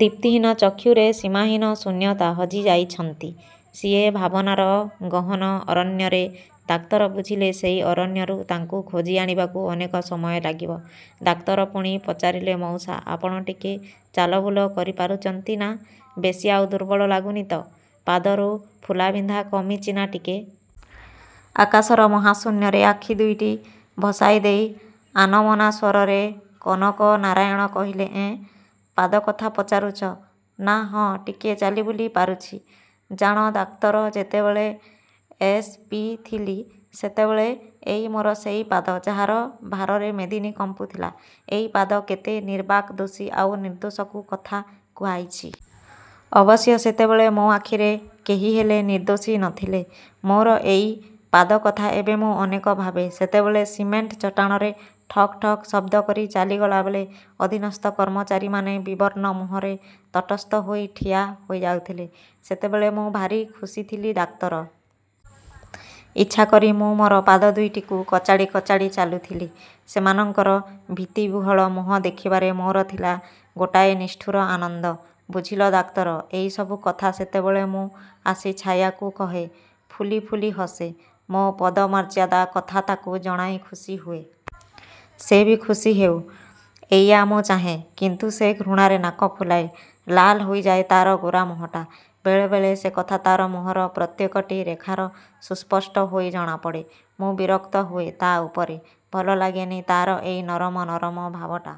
ଦିପ୍ତିହୀନ ଚକ୍ଷୁରେ ସୀମାହୀନ ଶୂନ୍ୟତା। ହଜିଯାଇଛନ୍ତି। ସିଏ ଭାବନାର ଗହନ ଅରଣ୍ୟରେ। ଡାକ୍ତର ବୁଝିଲେ ସେଇ ଅରଣ୍ୟରୁ ତାଙ୍କୁ ଖୋଜିଆଣିବାକୁ ଅନେକ ସମୟ ଲାଗିବ। ଡାକ୍ତର ପୁଣି ପଚାରିଲେ ମଉସା, ଆପଣ ଟିକେ ଚାଲବୁଲ କରିପାରୁଚନ୍ତି ନା? ବେଶି ଆଉ ଦୁର୍ବଳ ଲାଗୁନି ତ? ପାଦରୁ ଫୁଲାବିନ୍ଧା କମିଚି ନା ଟିକେ? ଆକାଶର ମହାଶୂନ୍ୟରେ ଆଖିଦୁଇଟି ଭସାଇଦେଇ ଆନମନା ସ୍ୱରରେ କନକନାରାୟଣ କହିଲେ ଏଁ, ପାଦକଥା ପଚାରୁଛ? ନାଁ, ହଁ, ଟିକିଏ ଚାଲିବୁଲି ପାରୁଛି। ଜାଣ ଡାକ୍ତର, ଯେତେବେଳେ ଏସ. ପି. ଥିଲି ସେତେବେଳେ ଏଇ ମୋର ସେଇ ପାଦ, ଯାହାର ଭାରରେ ମେଦିନୀ କମ୍ପୁଥିଲା। ଏଇ ପାଦ କେତେ ନିର୍ବାକ ଦୋଷୀ ଆଉ ନିର୍ଦ୍ଦୋଷକୁ କଥା କୁହାଇଛି। ଅବଶ୍ୟ ସେତେବେଳେ ମୋ ଆଖିରେ କେହିହେଲେ ନିର୍ଦ୍ଦୋଷୀ ନ ଥିଲେ। ମୋର ଏଇ ପାଦକଥା ଏବେ ମୁଁ ଅନେକ ଭାବେ। ସେତେବେଳେ ସିମେଣ୍ଟ ଚଟାଣରେ ଠକ୍ ଠକ୍ ଶବ୍ଦ କରି ଚାଲିଗଲାବେଳେ ଅଧିନସ୍ଥ କର୍ମଚାରୀମାନେ ବିବର୍ଣ୍ଣ ମୁହଁରେ ତଟସ୍ଥ ହୋଇ ଠିଆ ହୋଇଯାଉଥିଲେ। ସେତେବେଳେ ମୁଁ ଭାରି ଖୁସିଥିଲି ଡାକ୍ତର। ଇଚ୍ଛାକରି ମୁଁ ମୋର ପାଦଦୁଇଟିକୁ କଚାଡ଼ି କଚାଡ଼ି ଚାଲୁଥିଲି। ସେମାନଙ୍କର ଭୀତିବିହ୍ୱଳ ମୁହଁ ଦେଖିବାରେ ମୋର ଥିଲା ଗୋଟାଏ ନିଷ୍ଠୁର ଆନନ୍ଦ। ବୁଝିଲ ଡାକ୍ତର, ଏଇସବୁ କଥା ସେତେବେଳେ ମୁଁ ଆସି ଛାୟାକୁ କହେ। ଫୁଲି ଫୁଲି ହସେ। ମୋ ପଦମର୍ଯ୍ୟାଦା କଥା ତାକୁ ଜଣାଇ ଖୁସିହୁଏ। ସେ ବି ଖୁସିହେଉ। ଏଇଆ ମୁଁ ଚାହେଁ। କିନ୍ତୁ ସେ ଘୃଣାରେ ନାକ ଫୁଲାଏ। ଲାଲ ହୋଇଯାଏ ତା'ର ଗୋରା ମୁହଁଟା। ବେଳେବେଳେ ସେକଥା ତା'ର ମୁହଁର ପ୍ରତ୍ୟେକଟି ରେଖାର ସୁସ୍ପଷ୍ଟ ହୋଇ ଜଣାପଡ଼େ। ମୁଁ ବିରକ୍ତ ହୁଏ ତା' ଉପରେ। ଭଲଲାଗେନି ତା'ର ଏଇ ନରମ ନରମ ଭାବଟା।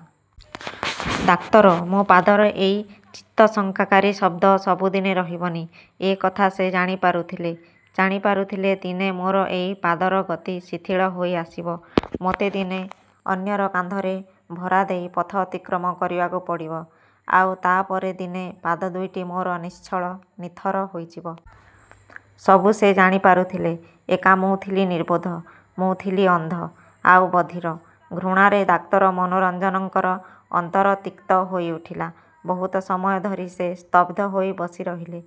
ଡାକ୍ତର, ମୋ ପାଦର ଏଇ ଚିତ୍ତଶଙ୍କାକାରୀ ଶବ୍ଦ ସବୁଦିନେ ରହିବନି ଏ କଥା ସେ ଜାଣିପାରୁଥିଲେ। ଜାଣିପାରୁଥିଲେ ଦିନେ ମୋର ଏଇ ପାଦର ଗତି ଶିଥିଳ ହୋଇଆସିବ। ମୋତେ ଦିନେ ଅନ୍ୟର କାନ୍ଧରେ ଭରା ଦେଇ ପଥ ଅତିକ୍ରମ କରିବାକୁ ପଡ଼ିବ। ଆଉ ତା'ପରେ ଦିନେ ପାଦଦୁଇଟି ମୋର ନିଶ୍ଚଳ, ନିଥର ହୋଇଯିବ। ସବୁ ସେ ଜାଣିପାରୁଥିଲେ। ଏକା ମୁଁ ଥିଲି ନିର୍ବୋଧ, ମୁଁ ଥିଲି ଅନ୍ଧ, ଆଉ ବଧିର। ଘୃଣାରେ ଡାକ୍ତର ମନୋରଞ୍ଜନଙ୍କର ଅନ୍ତର ତିକ୍ତ ହୋଇଉଠିଲା। ବହୁତ ସମୟ ଧରି ସେ ସ୍ତବ୍ଧ ହୋଇ ବସିରହିଲେ।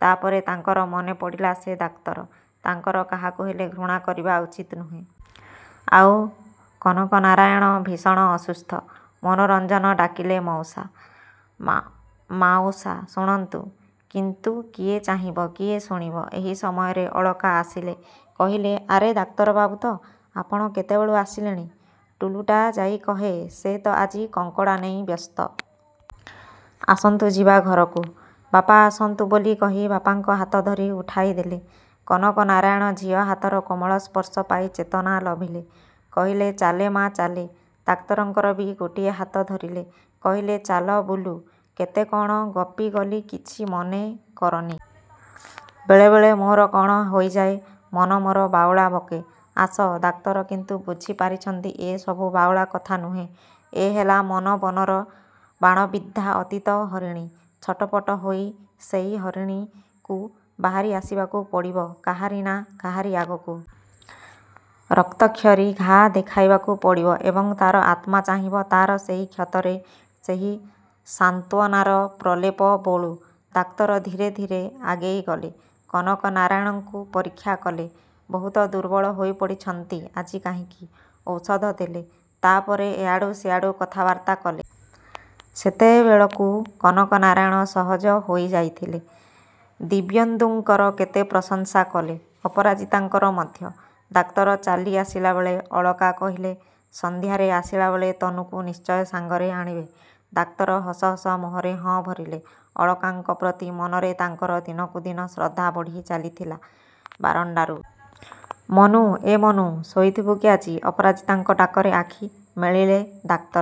ତା'ପରେ ତାଙ୍କର ମନେପଡ଼ିଲା ସେ ଡାକ୍ତର, ତାଙ୍କର କାହାକୁ ହେଲେ ଘୃଣା କରିବା ଉଚିତ ନୁହେଁ। ଆଉ କନକନାରାୟଣ ଭୀଷଣ ଅସୁସ୍ଥ। ମନୋରଞ୍ଜନ ଡାକିଲେ ମଉସା, ମା ମାଉସା ଶୁଣନ୍ତୁ। କିନ୍ତୁ କିଏ ଚାହିଁବ, କିଏ ଶୁଣିବ! ଏହି ସମୟରେ ଅଳକା ଆସିଲେ। କହିଲେ, ଆରେ ଡାକ୍ତରବାବୁ ତ! ଆପଣ କେତେବେଳୁ ଆସିଲେଣି? ଟୁଲୁଟା ଯାଇ କହେ, ସେ ତ ଆଜି କଙ୍କଡ଼ା ନେଇ ବ୍ୟସ୍ତ। ଆସନ୍ତୁ ଯିବା ଘରକୁ। ବାପା ଆସନ୍ତୁ ବୋଲି କହି ବାପାଙ୍କ ହାତ ଧରି ଉଠାଇଦେଲେ। କନକନାରାୟଣ ଝିଅ ହାତର କୋମଳ ସ୍ପର୍ଶ ପାଇ ଚେତନା ଲଭିଲେ। କହିଲେ ଚାଲେ ମା', ଚାଲେ। ଡାକ୍ତରଙ୍କର ବି ଗୋଟିଏ ହାତ ଧରିଲେ। କହିଲେ, ଚାଲ ବୁଲୁ। କେତେ କ'ଣ ଗପିଗଲି କିଛି ମନେକରନି। ବେଳେବେଳେ ମୋର କ'ଣ ହୋଇଯାଏ। ମନ ମୋର ବାଉଳା ବକେ। ଆସ। ଡାକ୍ତର କିନ୍ତୁ ବୁଝିପାରିଛନ୍ତି ଏ ସବୁ ବାଉଳା କଥା ନୁହେଁ। ଏ ହେଲା ମନ ବନର ବାଣବିଦ୍ଧା ଅତୀତ ହରିଣୀ। ଛଟପଟ ହୋଇ ସେଇ ହରିଣୀକୁ ବାହାରି ଆସିବାକୁ ପଡ଼ିବ କାହାରି ନା କାହାରି ଆଗକୁ। ରକ୍ତକ୍ଷରୀ ଘାଆ ଦେଖାଇବାକୁ ପଡ଼ିବ ଏବଂ ତା'ର ଆତ୍ମା ଚାହିଁବ ତା'ର ସେଇ କ୍ଷତରେ ସେହି ସାନ୍ତ୍ୱନାର ପ୍ରଲେପ ବୋଳୁ। ଡାକ୍ତର ଧୀରେ ଧୀରେ ଆଗେଇଗଲେ। କନକନାରାୟଣଙ୍କୁ ପରୀକ୍ଷା କଲେ। ବହୁତ ଦୁର୍ବଳ ହୋଇପଡ଼ିଛନ୍ତି ଆଜି କାହିଁକି? ଔଷଧ ଦେଲେ। ତାପରେ ଏଆଡ଼ୁ ସେଆଡ଼ୁ କଥାବାର୍ତ୍ତା କଲେ। ସେତେବେଳକୁ କନକନାରାୟଣ ସହଜ ହୋଇଯାଇଥିଲେ। ଦିବ୍ୟେନ୍ଦୁଙ୍କର କେତେ ପ୍ରଶଂସା କଲେ। ଅପରାଜିତାଙ୍କର ମଧ୍ୟ। ଡାକ୍ତର ଚାଲି ଆସିଲାବେଳେ ଅଳକା କହିଲେ ସନ୍ଧ୍ୟାରେ ଆସିଲାବେଳେ ତନୁକୁ ନିଶ୍ଚୟ ସାଙ୍ଗରେ ଆଣିବେ। ଡାକ୍ତର ହସ ହସ ମୁହଁରେ ହଁ ଭରିଲେ। ଅଳକାଙ୍କ ପ୍ରତି ମନରେ ତାଙ୍କର ଦିନକୁଦିନ ଶ୍ରଦ୍ଧା ବଢ଼ି ଚାଲିଥିଲା। ବାରଣ୍ଡାରୁ ମନୁ, ଏ ମନୁ, ଶୋଇଥିବୁ କି ଆଜି? ଅପରାଜିତାଙ୍କ ଡାକରେ ଆଖି ମେଳିଳେ ଡାକ୍ତର।